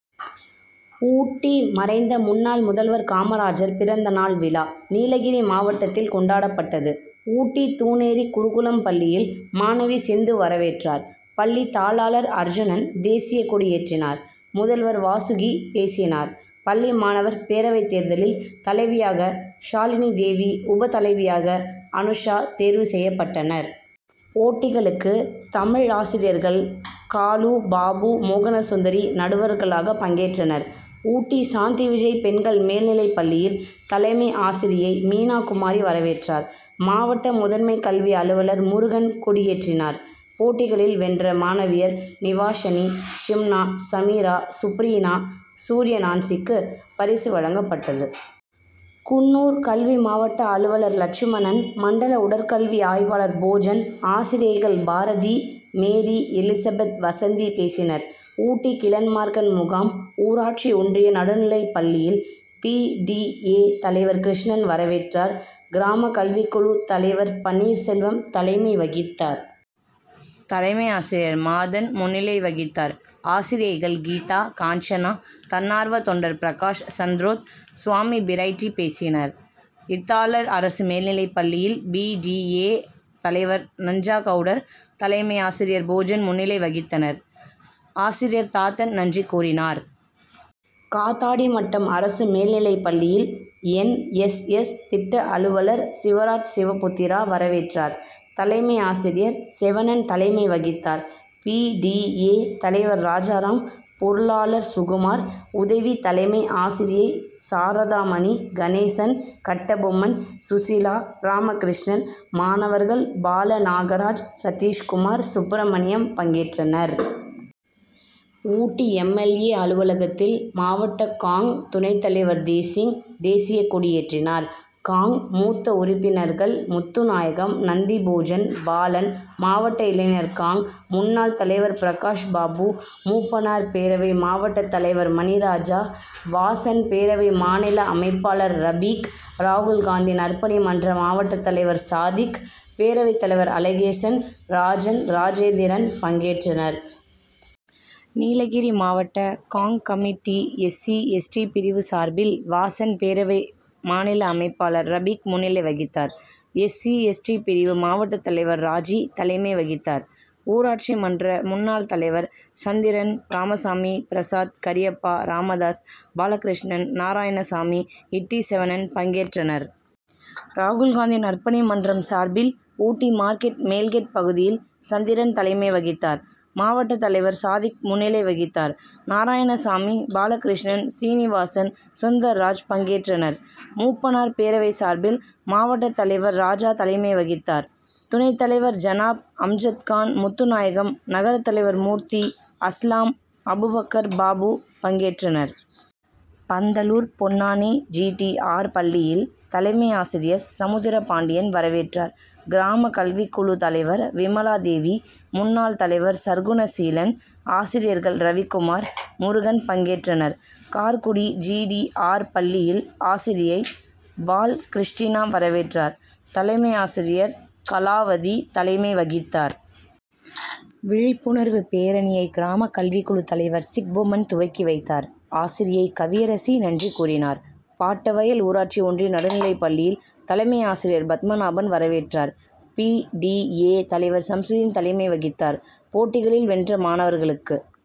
ஊட்டி மறைந்த முன்னாள் முதல்வர் காமராஜர் பிறந்த நாள் விழா, நீலகிரி மாவட்டத்தில் கொண்டாடப்பட்டது. ஊட்டி தூனேரி குருகுலம் பள்ளியில், மாணவி சிந்து வரவேற்றார். பள்ளி தாளாளர் அர்ஜுனன், தேசியக் கொடியேற்றினார். முதல்வர் வாசுகி பேசினார். பள்ளி மாணவர் பேரவைத் தேர்தலில், தலைவியாக ஷாலினி தேவி, உப தலைவியாக அனுஷா தேர்வு செய்யப்பட்டனர். போட்டிகளுக்கு, தமிழ் ஆசிரியர்கள் காலு, பாபு, மோகனசுந்தரி நடுவர்களாக பங்கேற்றனர். ஊட்டி சாந்தி விஜய் பெண்கள் மேல்நிலைப் பள்ளியில், தலைமை ஆசிரியை மீனாகுமாரி வரவேற்றார். மாவட்ட முதன்மை கல்வி அலுவலர் முருகன் கொடியேற்றினார். போட்டிகளில் வென்ற மாணவியர் நிவாஷனி, ஷிம்னா, சமீரா, சுப்ரீனா, சூர்யநான்சிக்கு பரிசு வழங்கப்பட்டது. குன்னூர் கல்வி மாவட்ட அலுவலர் லட்சுமணன், மண்டல உடற்கல்வி ஆய்வாளர் போஜன், ஆசிரியைகள் பாரதி, மேரி எலிசபெத், வசந்தி பேசினர். ஊட்டி கிளன்மார்கன் முகாம் ஊராட்சி ஒன்றிய நடுநிலைப் பள்ளியில், பி. டி. ஏ., தலைவர் கிருஷ்ணன் வரவேற்றார். கிராம கல்விக்குழு தலைவர் பன்னீர் செல்வம் தலைமை வகித்தார். தலைமை ஆசிரியர் மாதன் முன்னிலை வகித்தார். ஆசிரியைகள் கீதா, காஞ்சனா, தன்னார்வ தொண்டர் பிரகாஷ் சந்ரோத், சுவாமி பிரைட்டி பேசினர். இத்தலார் அரசு மேல்நிலைப் பள்ளியில், பி. டி. ஏ., தலைவர் நஞ்சாகவுடர், தலைமை ஆசிரியர் போஜன் முன்னிலை வகித்தனர். ஆசிரியர் தாத்தன் நன்றி கூறினார். காத்தாடிமட்டம் அரசு மேல்நிலைப் பள்ளியில், என். எஸ். எஸ்., திட்ட அலுவலர் சிவராஜ் சிவபுத்திரா வரவேற்றார். தலைமை ஆசிரியர் செவணன் தலைமை வகித்தார். பி. டி. ஏ., தலைவர் ராஜாராம், பொருளாளர் சுகுமார், உதவி தலைமை ஆசிரியை சாரதாமணி, கணேசன், கட்டபொம்மன், சுசிலா, ராமகிருஷ்ணன், மாணவர்கள் பாலநாகராஜ், சதீஷ்குமார், சுப்ரமணியம் பங்கேற்றனர். ஊட்டி எம். எல். ஏ., அலுவலகத்தில், மாவட்ட காங்., துணைத் தலைவர் தேசிங், தேசியக் கொடியேற்றினார். காங்., மூத்த உறுப்பினர்கள் முத்துநாயகம், நந்திபோஜன், பாலன், மாவட்ட இளைஞர் காங்., முன்னாள் தலைவர் பிரகாஷ் பாபு, மூப்பனார் பேரவை மாவட்ட தலைவர் மணிராஜா, வாசன் பேரவை மாநில அமைப்பாளர் ரபீக், ராகுல்காந்தி நற்பணி மன்ற மாவட்ட தலைவர் சாதிக், பேரவைத் தலைவர் அழகேசன், ராஜன், ராஜேந்திரன் பங்கேற்றனர். நீலகிரி மாவட்ட காங்., committee S. C., S. T., பிரிவு சார்பில், வாசன் பேரவை மாநில அமைப்பாளர் ரபிக் முன்னிலை வகித்தார். எஸ். சி.,எஸ். டி., பிரிவு மாவட்ட தலைவர் ராஜி தலைமை வகித்தார். ஊராட்சி மன்ற முன்னாள் தலைவர் சந்திரன், ராமசாமி, பிரசாத், கரியப்பா, ராமதாஸ், பாலகிருஷ்ணன், நாரயணசாமி, இட்டி செவணன் பங்கேற்றனர். ராகுல்காந்தி நற்பணி மன்றம் சார்பில், ஊட்டி மார்க்கெட் மேல்கேட் பகுதியில், சந்திரன் தலைமை வகித்தார். மாவட்ட தலைவர் சாதிக் முன்னிலை வகித்தார். நாராயணசாமி, பாலகிருஷ்ணன், சீனிவாசன், சுந்தர்ராஜ் பங்கேற்றனர். மூப்பனார் பேரவை சார்பில், மாவட்ட தலைவர் ராஜா தலைமை வகித்தார். துணைத் தலைவர் ஜனாப், அம்ஜத்கான், முத்துநாயகம், நகரத் தலைவர் மூர்த்தி, அஸ்லாம், அபுபக்கர், பாபு பங்கேற்றனர். Pandalur Ponnani G. T. R., பள்ளியில், தலைமை ஆசிரியர் சமுத்திரப்பாண்டியன் வரவேற்றார். கிராம கல்விக்குழு தலைவர் விமலாதேவி, முன்னாள் தலைவர் சற்குணசீலன், ஆசிரியர்கள் ரவிக்குமார், முருகன் பங்கேற்றனர். கார்குடி ஜி. டி. ஆர்., பள்ளியில், ஆசிரியை பால்கிருஷ்டினா வரவேற்றார். தலைமை ஆசிரியர் கலாவதி தலைமை வகித்தார். விழிப்புணர்வு பேரணியை, கிராம கல்விக்குழு தலைவர் சிக்பொம்மன் துவக்கி வைத்தார். ஆசிரியை கவியரசி நன்றி கூறினார். பாட்டவயல் ஊராட்சி ஒன்றிய நடுநிலைப் பள்ளியில், தலைமை ஆசிரியர் பத்மநாபன் வரவேற்றார். பி. டி. ஏ., தலைவர் சம்சுதீன் தலைமை வகித்தார். போட்டிகளில் வென்ற மாணவர்களுக்கு